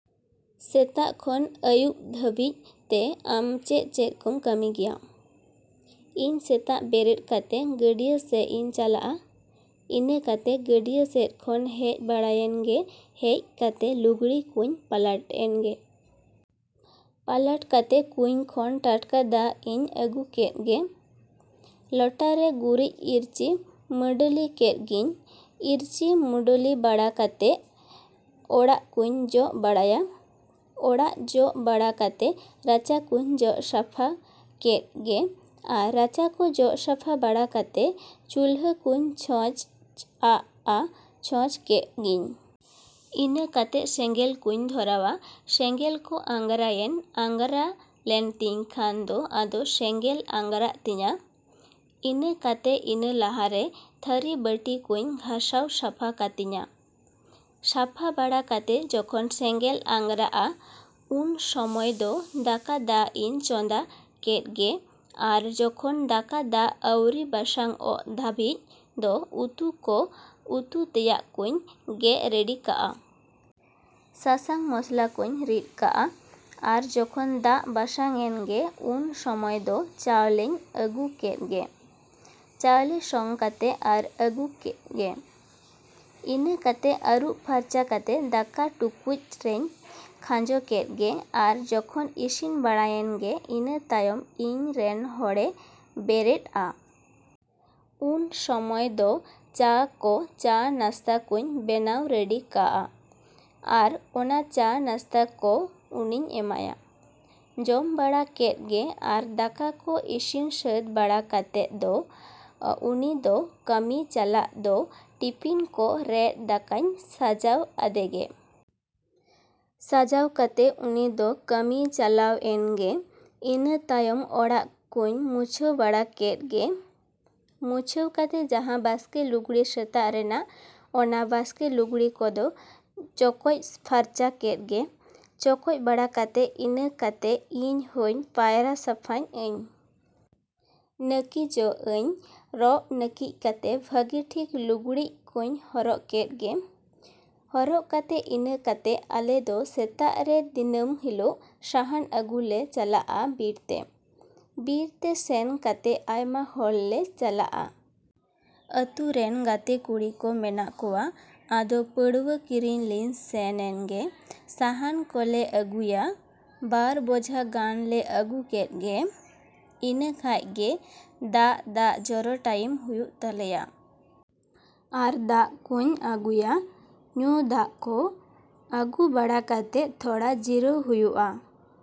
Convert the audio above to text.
ᱥᱮᱛᱟᱜ ᱠᱷᱚᱱ ᱟᱹᱭᱩᱵ ᱫᱷᱟᱹᱵᱤᱡ ᱛᱮ ᱟᱢ ᱪᱮᱫ ᱪᱮᱫ ᱠᱚᱢ ᱠᱟᱹᱢᱤ ᱜᱮᱭᱟ? ᱤᱧ ᱥᱮᱛᱟᱜ ᱵᱮᱨᱮᱫ ᱠᱟᱛᱮ ᱜᱟᱹᱰᱭᱟᱹ ᱥᱮᱫ ᱤᱧ ᱪᱟᱞᱟᱜᱼᱟ᱾ ᱤᱱᱟᱹ ᱠᱟᱛᱮ ᱜᱟᱹᱰᱭᱟᱹ ᱥᱮᱫ ᱠᱷᱚᱱ ᱦᱮᱡ ᱵᱟᱲᱟᱭᱮᱱ ᱜᱮ ᱦᱮᱡ ᱠᱟᱛᱮ ᱞᱩᱜᱽᱲᱤ ᱠᱚᱹᱧ ᱯᱟᱞᱟᱴ ᱮᱱ ᱜᱮ᱾ ᱯᱟᱞᱟᱴ ᱠᱟᱛᱮ ᱠᱩᱧ ᱠᱷᱚᱱ ᱴᱟᱴᱠᱟ ᱫᱟᱜ ᱤᱧ ᱟᱹᱜᱩ ᱠᱮᱫ ᱜᱮ᱾ ᱞᱚᱴᱟ ᱨᱮ ᱜᱩᱨᱤᱡ ᱤᱨᱪᱤ ᱢᱟᱹᱰᱟᱹᱞᱤ ᱠᱮᱫ ᱜᱤᱧ᱾ ᱤᱨᱪᱤ ᱢᱩᱰᱚᱞᱤ ᱵᱟᱲᱟ ᱠᱟᱛᱮᱜ ᱚᱲᱟᱜ ᱠᱚᱹᱧ ᱡᱚᱜ ᱵᱟᱲᱟᱭᱟ᱾ ᱚᱲᱟᱜ ᱡᱚᱜ ᱵᱟᱲᱟ ᱠᱟᱛᱮ ᱨᱟᱪᱟ ᱠᱚᱹᱧ ᱡᱚᱜ ᱥᱟᱯᱷᱟ ᱠᱮᱫ ᱜᱮ ᱟᱨ ᱨᱟᱪᱟ ᱠᱚ ᱡᱚᱜ ᱥᱟᱯᱷᱟ ᱵᱟᱲᱟ ᱠᱟᱛᱮ ᱪᱩᱞᱦᱟᱹ ᱠᱚᱹᱧ ᱪᱷᱚᱸᱪ ᱟᱜᱼᱟ ᱪᱷᱚᱸᱪ ᱠᱮᱫ ᱜᱤᱧ᱾ ᱤᱱᱟᱹ ᱠᱟᱛᱮᱜ ᱥᱮᱸᱜᱮᱞ ᱠᱚᱧ ᱫᱷᱚᱨᱟᱣᱟ᱾ ᱥᱮᱸᱜᱮᱞ ᱠᱚ ᱟᱸᱜᱽᱨᱟᱭᱮᱱ ᱟᱸᱜᱽᱨᱟ ᱞᱮᱱ ᱛᱤᱧ ᱠᱷᱟᱱ ᱫᱚ ᱟᱫᱚ ᱥᱮᱸᱜᱮᱞ ᱟᱸᱜᱽᱨᱟᱜ ᱛᱤᱧᱟ᱾ ᱤᱱᱟᱹ ᱠᱟᱛᱮ ᱤᱱᱟᱹ ᱞᱟᱦᱟ ᱨᱮ ᱛᱷᱟᱹᱨᱤ ᱵᱟᱹᱴᱤ ᱠᱚᱹᱧ ᱜᱷᱟᱥᱟᱣ ᱥᱟᱯᱷᱟ ᱠᱟᱛᱤᱧᱟ᱾ ᱥᱟᱯᱷᱟ ᱵᱟᱲᱟ ᱠᱟᱛᱮ ᱡᱚᱠᱷᱚᱱ ᱥᱮᱸᱜᱮᱞ ᱟᱸᱜᱽᱨᱟᱜᱼᱟ ᱩᱱ ᱥᱚᱢᱚᱭ ᱫᱚ ᱫᱟᱠᱟ ᱫᱟᱜ ᱤᱧ ᱪᱚᱸᱫᱟ ᱠᱮᱫ ᱜᱮ ᱟᱨ ᱡᱚᱠᱷᱚᱱ ᱫᱟᱠᱟ ᱫᱟᱜ ᱟᱹᱣᱨᱤ ᱵᱟᱥᱟᱝ ᱚᱜ ᱫᱷᱟᱹᱵᱤᱡ ᱫᱚ ᱩᱛᱩ ᱠᱚ ᱩᱛᱩ ᱛᱮᱭᱟᱜ ᱠᱚᱹᱧ ᱜᱮᱫ ᱨᱮᱰᱤ ᱠᱟᱜᱼᱟ᱾ ᱥᱟᱥᱟᱝ ᱢᱚᱥᱞᱟ ᱠᱚᱧ ᱨᱤᱫ ᱠᱟᱜᱼᱟ ᱟᱨ ᱡᱚᱠᱷᱚᱱ ᱫᱟᱜ ᱵᱟᱥᱟᱝ ᱮᱱ ᱜᱮ ᱩᱱ ᱥᱚᱢᱚᱭ ᱫᱚ ᱪᱟᱣᱞᱮᱧ ᱟᱹᱜᱩ ᱠᱮᱫ ᱜᱮ᱾ ᱪᱟᱣᱞᱮ ᱥᱚᱝ ᱠᱟᱛᱮᱜ ᱟᱨ ᱟᱹᱜᱩ ᱠᱮᱫ ᱜᱮ᱾ ᱤᱱᱟᱹ ᱠᱟᱛᱮᱜ ᱟᱹᱨᱩᱵ ᱯᱷᱟᱨᱪᱟ ᱠᱟᱛᱮ ᱫᱟᱠᱟ ᱴᱩᱠᱩᱪ ᱨᱮᱧ ᱠᱷᱟᱸᱡᱚ ᱠᱮᱫ ᱜᱮ ᱟᱨ ᱡᱚᱠᱷᱚᱱ ᱤᱥᱤᱱ ᱵᱟᱲᱟᱭᱮᱱ ᱜᱮ ᱤᱱᱟᱹ ᱛᱟᱭᱚᱢ ᱤᱧ ᱨᱮᱱ ᱦᱚᱲᱮ ᱵᱮᱨᱮᱫᱼᱟ᱾ ᱩᱱ ᱥᱚᱢᱚᱭ ᱫᱚ ᱪᱟ ᱠᱚ ᱪᱟ ᱱᱟᱥᱛᱟ ᱠᱚᱹᱧ ᱵᱮᱱᱟᱣ ᱨᱮᱰᱤ ᱠᱟᱜᱼᱟ᱾ ᱟᱨ ᱚᱱᱟ ᱪᱟ ᱱᱟᱥᱛᱟ ᱫᱚ ᱩᱱᱤᱧ ᱮᱢᱟᱭᱟ᱾ ᱡᱚᱢ ᱵᱟᱲᱟ ᱠᱮᱫ ᱜᱮ ᱟᱨ ᱫᱟᱠᱟ ᱠᱚ ᱤᱥᱤᱱ ᱥᱟᱹᱛ ᱵᱟᱲᱟ ᱠᱟᱛᱮᱜ ᱫᱚ ᱩᱱᱤ ᱫᱚ ᱠᱟᱹᱢᱤᱭ ᱪᱟᱞᱟᱜ ᱫᱚ ᱴᱤᱯᱤᱱ ᱠᱚ ᱨᱮᱫ ᱫᱟᱠᱟᱧ ᱥᱟᱡᱟᱣ ᱟᱫᱮ ᱜᱮ᱾ ᱥᱟᱡᱟᱣ ᱠᱟᱛᱮ ᱩᱱᱤ ᱫᱚ ᱠᱟᱹᱢᱤᱭ ᱪᱟᱞᱟᱣ ᱮᱱ ᱜᱮ᱾ ᱤᱱᱟᱹ ᱛᱟᱭᱚᱢ ᱚᱲᱟᱜ ᱠᱚᱧ ᱢᱩᱪᱷᱟᱹᱣ ᱵᱟᱲᱟ ᱠᱮᱫ ᱜᱮ᱾ ᱢᱩᱪᱷᱟᱹᱣ ᱠᱟᱛᱮ ᱡᱟᱦᱟᱸ ᱵᱟᱥᱠᱮ ᱞᱩᱜᱽᱲᱤ ᱥᱮᱛᱟᱜ ᱨᱮᱱᱟᱜ ᱚᱱᱟ ᱵᱟᱥᱠᱮ ᱞᱩᱜᱽᱲᱤ ᱠᱚᱫᱚ ᱪᱚᱠᱚᱡ ᱯᱷᱟᱨᱪᱟ ᱠᱮᱫ ᱜᱮ᱾ ᱪᱚᱠᱚᱡ ᱵᱟᱲᱟ ᱠᱟᱛᱮ ᱤᱱᱟᱹ ᱠᱟᱛᱮ ᱤᱧ ᱦᱚᱸᱧ ᱯᱟᱭᱨᱟ ᱥᱟᱯᱷᱟᱧ ᱟᱹᱧ᱾ ᱱᱟᱹᱠᱤᱡᱚᱜ ᱟᱹᱧ ᱨᱚᱜ ᱱᱟᱹᱠᱤᱡ ᱠᱟᱛᱮ ᱵᱷᱟᱹᱜᱤ ᱴᱷᱤᱠ ᱞᱩᱜᱽᱲᱤᱡ ᱠᱚᱧ ᱦᱚᱨᱚᱜ ᱠᱮᱫ ᱜᱮ᱾ ᱦᱚᱨᱚᱜ ᱠᱟᱛᱮᱜ ᱤᱱᱟᱹ ᱠᱟᱛᱮᱜ ᱟᱞᱮ ᱫᱚ ᱥᱮᱛᱟᱜ ᱨᱮ ᱫᱤᱱᱟᱹᱢ ᱦᱤᱞᱳᱜ ᱥᱟᱦᱟᱱ ᱟᱹᱜᱩ ᱞᱮ ᱪᱟᱞᱟᱜᱼᱟ ᱵᱤᱨ ᱛᱮ᱾ ᱵᱤᱨ ᱛᱮ ᱥᱮᱱ ᱠᱟᱛᱮᱜ ᱟᱭᱢᱟ ᱦᱚᱲ ᱞᱮ ᱪᱟᱞᱟᱜᱼᱟ᱾ ᱟᱹᱛᱩ ᱨᱮᱱ ᱜᱟᱛᱮ ᱠᱩᱲᱤ ᱠᱚ ᱢᱮᱱᱟᱜ ᱠᱚᱣᱟ᱾ ᱟᱫᱚ ᱯᱟᱹᱲᱭᱟᱹ ᱠᱤᱨᱤᱧ ᱞᱤᱧ ᱥᱮᱱ ᱮᱱ ᱜᱮ᱾ ᱥᱟᱦᱟᱱ ᱠᱚ ᱞᱮ ᱟᱹᱜᱩᱭᱟ᱾ ᱵᱟᱨ ᱵᱚᱡᱷᱟ ᱜᱟᱱ ᱞᱮ ᱟᱹᱜᱩ ᱠᱮᱫ ᱜᱮ᱾ ᱤᱱᱟᱹ ᱠᱷᱟᱡ ᱜᱮ ᱫᱟᱜ ᱫᱟᱜ ᱡᱚᱨᱚ ᱴᱟᱭᱤᱢ ᱦᱩᱭᱩᱜ ᱛᱟᱞᱮᱭᱟ᱾ ᱟᱨ ᱫᱟᱜ ᱠᱚᱹᱧ ᱟᱹᱜᱩᱭᱟ, ᱧᱩ ᱫᱟᱜ ᱠᱚ᱾ ᱟᱹᱜᱩ ᱵᱟᱲᱟ ᱠᱟᱛᱮᱜ ᱛᱷᱚᱲᱟ ᱡᱤᱨᱟᱹᱣ ᱦᱩᱭᱩᱜ-ᱟ᱾